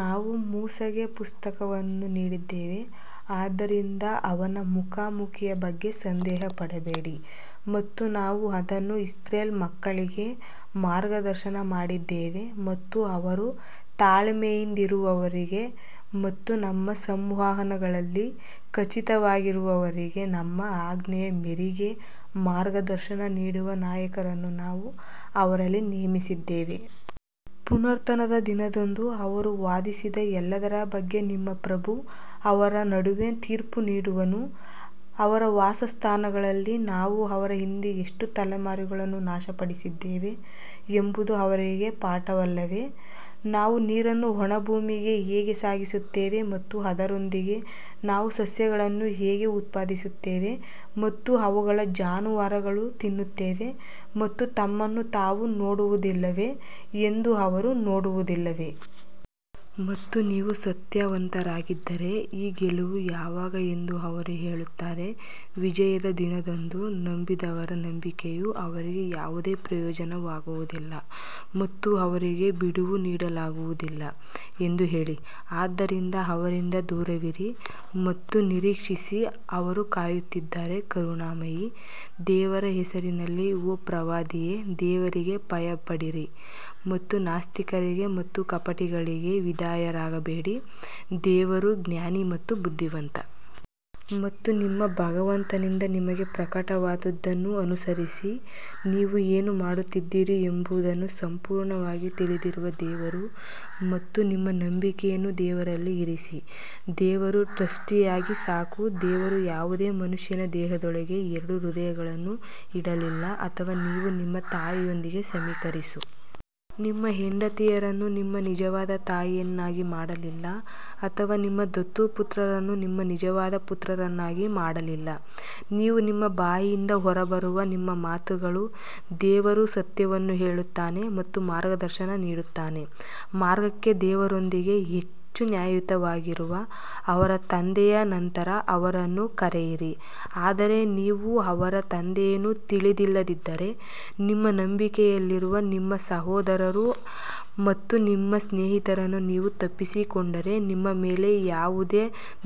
ನಾವು ಮೂಸಾಗೆ ಪುಸ್ತಕವನ್ನು ನೀಡಿದ್ದೇವೆ ಆದ್ದರಿಂದ ಅವನ ಮುಖಾಮುಖಿಯ ಬಗ್ಗೆ ಸಂದೇಹ ಪಡಬೇಡಿ ಮತ್ತು ನಾವು ಅದನ್ನು ಇಸ್ರೇಲ್ ಮಕ್ಕಳಿಗೆ ಮಾರ್ಗದರ್ಶನ ಮಾಡಿದ್ದೇವೆ ಮತ್ತು ಅವರು ತಾಳ್ಮೆಯಿಂದಿರುವವರೆಗೆ ಮತ್ತು ನಮ್ಮ ಸಂವಹನಗಳಲ್ಲಿ ಖಚಿತವಾಗಿರುವವರೆಗೆ ನಮ್ಮ ಆಜ್ಞೆಯ ಮೇರೆಗೆ ಮಾರ್ಗದರ್ಶನ ನೀಡುವ ನಾಯಕರನ್ನು ನಾವು ಅವರಲ್ಲಿ ನೇಮಿಸಿದ್ದೇವೆ. ಪುನರುತ್ಥಾನದ ದಿನದಂದು ಅವರು ವಾದಿಸಿದ ಎಲ್ಲದರ ಬಗ್ಗೆ ನಿಮ್ಮ ಪ್ರಭು ಅವರ ನಡುವೆ ತೀರ್ಪು ನೀಡುವನು ಅವರ ವಾಸಸ್ಥಾನಗಳಲ್ಲಿ ನಾವು ಅವರ ಹಿಂದೆ ಎಷ್ಟು ತಲೆಮಾರುಗಳನ್ನು ನಾಶಪಡಿಸಿದ್ದೇವೆ ಎಂಬುದು ಅವರಿಗೆ ಪಾಠವಲ್ಲವೇ? ನಾವು ನೀರನ್ನು ಒಣ ಭೂಮಿಗೆ ಹೇಗೆ ಸಾಗಿಸುತ್ತೇವೆ ಮತ್ತು ಅದರೊಂದಿಗೆ ನಾವು ಸಸ್ಯಗಳನ್ನು ಹೇಗೆ ಉತ್ಪಾದಿಸುತ್ತೇವೆ ಮತ್ತು ಅವುಗಳ ಜಾನುವಾರುಗಳು ತಿನ್ನುತ್ತವೆ ಮತ್ತು ತಮ್ಮನ್ನು ತಾವು ನೋಡುವುದಿಲ್ಲವೇ ಎಂದು ಅವರು ನೋಡುವುದಿಲ್ಲವೇ? ಮತ್ತು ನೀವು ಸತ್ಯವಂತರಾಗಿದ್ದರೆ ಈ ಗೆಲುವು ಯಾವಾಗ ಎಂದು ಅವರು ಹೇಳುತ್ತಾರೆ ವಿಜಯದ ದಿನದಂದು ನಂಬದವರ ನಂಬಿಕೆಯು ಅವರಿಗೆ ಯಾವುದೇ ಪ್ರಯೋಜನವಾಗುವುದಿಲ್ಲ ಮತ್ತು ಅವರಿಗೆ ಬಿಡುವು ನೀಡಲಾಗುವುದಿಲ್ಲ ಎಂದು ಹೇಳಿ. ಆದ್ದರಿಂದ ಅವರಿಂದ ದೂರವಿರಿ ಮತ್ತು ನಿರೀಕ್ಷಿಸಿ ಅವರೂ ಕಾಯುತ್ತಿದ್ದಾರೆ ಕರುಣಾಮಯಿ ದೇವರ ಹೆಸರಿನಲ್ಲಿ ಓ ಪ್ರವಾದಿಯೇ ದೇವರಿಗೆ ಭಯಪಡಿರಿ ಮತ್ತು ನಾಸ್ತಿಕರಿಗೆ ಮತ್ತು ಕಪಟಿಗಳಿಗೆ ವಿಧೇಯರಾಗಬೇಡಿ ದೇವರು ಜ್ಞಾನಿ ಮತ್ತು ಬುದ್ಧಿವಂತ. ಮತ್ತು ನಿಮ್ಮ ಭಗವಂತನಿಂದ ನಿಮಗೆ ಪ್ರಕಟವಾದದ್ದನ್ನು ಅನುಸರಿಸಿ, ನೀವು ಏನು ಮಾಡುತ್ತಿದ್ದೀರಿ ಎಂಬುದನ್ನು ಸಂಪೂರ್ಣವಾಗಿ ತಿಳಿದಿರುವ ದೇವರು ಮತ್ತು ನಿಮ್ಮ ನಂಬಿಕೆಯನ್ನು ದೇವರಲ್ಲಿ ಇರಿಸಿ ದೇವರು ಟ್ರಸ್ಟಿಯಾಗಿ ಸಾಕು ದೇವರು ಯಾವುದೇ ಮನುಷ್ಯನ ದೇಹದೊಳಗೆ ಎರಡು ಹೃದಯಗಳನ್ನು ಇಡಲಿಲ್ಲ ಅಥವಾ ನೀವು ನಿಮ್ಮ ತಾಯಿಯೊಂದಿಗೆ ಸಮೀಕರಿಸುವ ನಿಮ್ಮ ಹೆಂಡತಿಯರನ್ನು ನಿಮ್ಮ ನಿಜವಾದ ತಾಯಿಯನ್ನಾಗಿ ಮಾಡಲಿಲ್ಲ ಅಥವಾ ನಿಮ್ಮ ದತ್ತು ಪುತ್ರರನ್ನು ನಿಮ್ಮ ನಿಜವಾದ ಪುತ್ರರನ್ನಾಗಿ ಮಾಡಲಿಲ್ಲ ಇವು ನಿಮ್ಮ ಬಾಯಿಯಿಂದ ಹೊರಬರುವ ನಿಮ್ಮ ಮಾತುಗಳು ದೇವರು ಸತ್ಯವನ್ನು ಹೇಳುತ್ತಾನೆ ಮತ್ತು ಮಾರ್ಗದರ್ಶನ ನೀಡುತ್ತಾನೆ ಮಾರ್ಗಕ್ಕೆ ದೇವರೊಂದಿಗೆ ಹೆಚ್ಚು ನ್ಯಾಯಯುತವಾಗಿರುವ ಅವರ ತಂದೆಯ ನಂತರ ಅವರನ್ನು ಕರೆಯಿರಿ ಆದರೆ ನೀವು ಅವರ ತಂದೆಯನ್ನು ತಿಳಿದಿಲ್ಲದಿದ್ದರೆ ನಿಮ್ಮ ನಂಬಿಕೆಯಲ್ಲಿರುವ ನಿಮ್ಮ ಸಹೋದರರು ಮತ್ತು ನಿಮ್ಮ ಸ್ನೇಹಿತರನ್ನು ನೀವು ತಪ್ಪಿಸಿಕೊಂಡರೆ ನಿಮ್ಮ ಮೇಲೆ ಯಾವುದೇ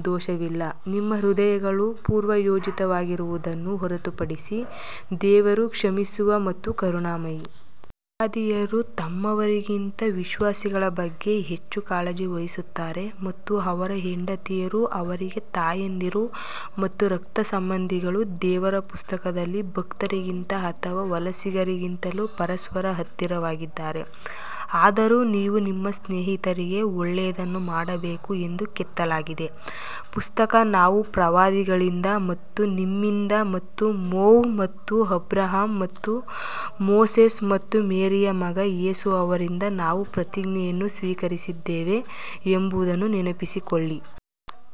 ದೋಷವಿಲ್ಲ, ನಿಮ್ಮ ಹೃದಯಗಳು ಪೂರ್ವಯೋಜಿತವಾಗಿರುವುದನ್ನು ಹೊರತುಪಡಿಸಿ ದೇವರು ಕ್ಷಮಿಸುವ ಮತ್ತು ಕರುಣಾಮಯಿ. ಪ್ರವಾದಿಯವರು ತಮ್ಮವರಿಗಿಂತ ವಿಶ್ವಾಸಿಗಳ ಬಗ್ಗೆ ಹೆಚ್ಚು ಕಾಳಜಿ ವಹಿಸುತ್ತಾರೆ ಮತ್ತು ಅವರ ಹೆಂಡತಿಯರು ಅವರಿಗೆ ತಾಯಂದಿರು ಮತ್ತು ರಕ್ತ ಸಂಬಂಧಿಗಳು ದೇವರ ಪುಸ್ತಕದಲ್ಲಿ ಭಕ್ತರಿಗಿಂತ ಅಥವಾ ವಲಸಿಗರಿಗಿಂತಲೂ ಪರಸ್ಪರ ಹತ್ತಿರವಾಗಿದ್ದಾರೆ, ಆದರೂ ನೀವು ನಿಮ್ಮ ಸ್ನೇಹಿತರಿಗೆ ಒಳ್ಳೆಯದನ್ನು ಮಾಡಬೇಕು ಎಂದು ಕೆತ್ತಲಾಗಿದೆ. ಪುಸ್ತಕ ನಾವು ಪ್ರವಾದಿಗಳಿಂದ ಮತ್ತು ನಿಮ್ಮಿಂದ ಮತ್ತು ನೋಹ್ ಮತ್ತು ಅಬ್ರಹಾಂ ಮತ್ತು ಮೋಸೆಸ್ ಮತ್ತು ಮೇರಿಯ ಮಗ ಯೇಸು ಅವರಿಂದ ನಾವು ಪ್ರತಿಜ್ಞೆಯನ್ನು ಸ್ವೀಕರಿಸಿದ್ದೇವೆ ಎಂಬುದನ್ನು ನೆನಪಿಸಿಕೊಳ್ಳಿ.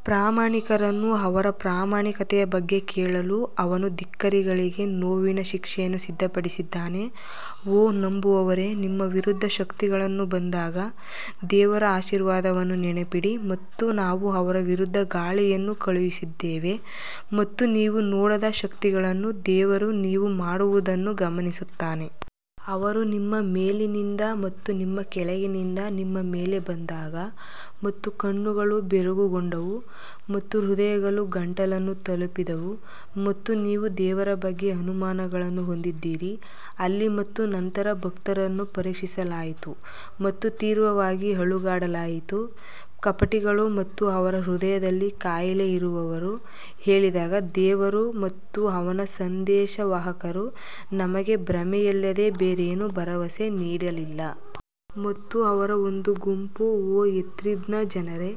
ಪ್ರಾಮಾಣಿಕರನ್ನು ಅವರ ಪ್ರಾಮಾಣಿಕತೆಯ ಬಗ್ಗೆ ಕೇಳಲು ಅವನು ಧಿಕ್ಕಾರಿಗಳಿಗೆ ನೋವಿನ ಶಿಕ್ಷೆಯನ್ನು ಸಿದ್ಧಪಡಿಸಿದ್ದಾನೆ ಓ ನಂಬುವವರೇ ನಿಮ್ಮ ವಿರುದ್ಧ ಶಕ್ತಿಗಳು ಬಂದಾಗ ದೇವರ ಆಶೀರ್ವಾದವನ್ನು ನೆನಪಿಡಿ ಮತ್ತು ನಾವು ಅವರ ವಿರುದ್ಧ ಗಾಳಿಯನ್ನು ಕಳುಹಿಸಿದ್ದೇವೆ ಮತ್ತು ನೀವು ನೋಡದ ಶಕ್ತಿಗಳನ್ನು ದೇವರು ನೀವು ಮಾಡುವುದನ್ನು ಗಮನಿಸುತ್ತಾನೆ ಅವರು ನಿಮ್ಮ ಮೇಲಿನಿಂದ ಮತ್ತು ನಿಮ್ಮ ಕೆಳಗಿನಿಂದ ನಿಮ್ಮ ಮೇಲೆ ಬಂದಾಗ ಮತ್ತು ಕಣ್ಣುಗಳು ಬೆರಗುಗೊಂಡವು ಮತ್ತು ಹೃದಯಗಳು ಗಂಟಲನ್ನು ತಲುಪಿದವು ಮತ್ತು ನೀವು ದೇವರ ಬಗ್ಗೆ ಅನುಮಾನಗಳನ್ನು ಹೊಂದಿದ್ದೀರಿ ಅಲ್ಲಿ ಮತ್ತು ನಂತರ ಭಕ್ತರನ್ನು ಪರೀಕ್ಷಿಸಲಾಯಿತು ಮತ್ತು ತೀವ್ರವಾಗಿ ಅಲುಗಾಡಲಾಯಿತು ಕಪಟಿಗಳು ಮತ್ತು ಅವರ ಹೃದಯದಲ್ಲಿ ಕಾಯಿಲೆ ಇರುವವರು ಹೇಳಿದಾಗ ದೇವರು ಮತ್ತು ಅವನ ಸಂದೇಶವಾಹಕರು ನಮಗೆ ಭ್ರಮೆಯಲ್ಲದೆ ಬೇರೇನೂ ಭರವಸೆ ನೀಡಲಿಲ್ಲ. ಮತ್ತು ಅವರ ಒಂದು ಗುಂಪು ಓ ಯಾಥ್ರಿಬ್ನ ಜನರೇ,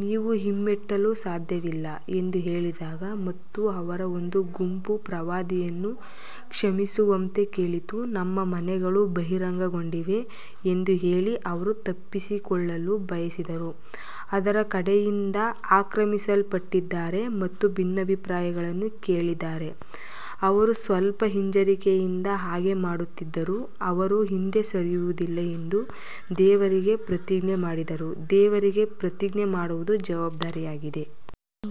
ನೀವು ಹಿಮ್ಮೆಟ್ಟಲು ಸಾಧ್ಯವಿಲ್ಲ ಎಂದು ಹೇಳಿದಾಗ ಮತ್ತು ಅವರ ಒಂದು ಗುಂಪು ಪ್ರವಾದಿಯನ್ನು ಕ್ಷಮಿಸುವಂತೆ ಕೇಳಿತು, ನಮ್ಮ ಮನೆಗಳು ಬಹಿರಂಗಗೊಂಡಿವೆ ಎಂದು ಹೇಳಿ ಅವರು ತಪ್ಪಿಸಿಕೊಳ್ಳಲು ಬಯಸಿದ್ದರು. ಅದರ ಕಡೆಯಿಂದ ಆಕ್ರಮಿಸಲ್ಪಟ್ಟಿದ್ದರೆ ಮತ್ತು ಭಿನ್ನಾಭಿಪ್ರಾಯವನ್ನು ಕೇಳಿದರೆ ಅವರು ಸ್ವಲ್ಪ ಹಿಂಜರಿಕೆಯಿಂದ ಹಾಗೆ ಮಾಡುತ್ತಿದ್ದರು ಅವರು ಹಿಂದೆ ಸರಿಯುವುದಿಲ್ಲ ಎಂದು ದೇವರಿಗೆ ಪ್ರತಿಜ್ಞೆ ಮಾಡಿದರೂ ದೇವರಿಗೆ ಪ್ರತಿಜ್ಞೆ ಮಾಡುವುದು ಜವಾಬ್ದಾರಿಯಾಗಿದೆ.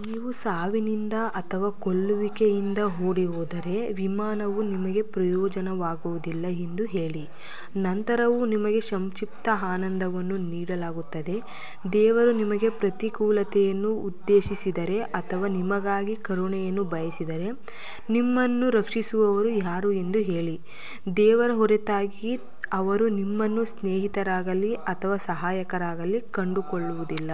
ನೀವು ಸಾವಿನಿಂದ ಅಥವಾ ಕೊಲ್ಲುವಿಕೆಯಿಂದ ಓಡಿಹೋದರೆ ವಿಮಾನವು ನಿಮಗೆ ಪ್ರಯೋಜನವಾಗುವುದಿಲ್ಲ ಎಂದು ಹೇಳಿ, ನಂತರವೂ ನಿಮಗೆ ಸಂಕ್ಷಿಪ್ತ ಆನಂದವನ್ನು ನೀಡಲಾಗುತ್ತದೆ ದೇವರು ನಿಮಗೆ ಪ್ರತಿಕೂಲತೆಯನ್ನು ಉದ್ದೇಶಿಸಿದರೆ ಅಥವಾ ನಿಮಗಾಗಿ ಕರುಣೆಯನ್ನು ಬಯಸಿದರೆ ನಿಮ್ಮನ್ನು ರಕ್ಷಿಸುವವರು ಯಾರು ಎಂದು ಹೇಳಿ, ದೇವರ ಹೊರತಾಗಿ ಅವರು ತಮ್ಮನ್ನು ಸ್ನೇಹಿತರಾಗಲೀ ಅಥವಾ ಸಹಾಯಕರಾಗಲೀ ಕಂಡುಕೊಳ್ಳುವುದಿಲ್ಲ.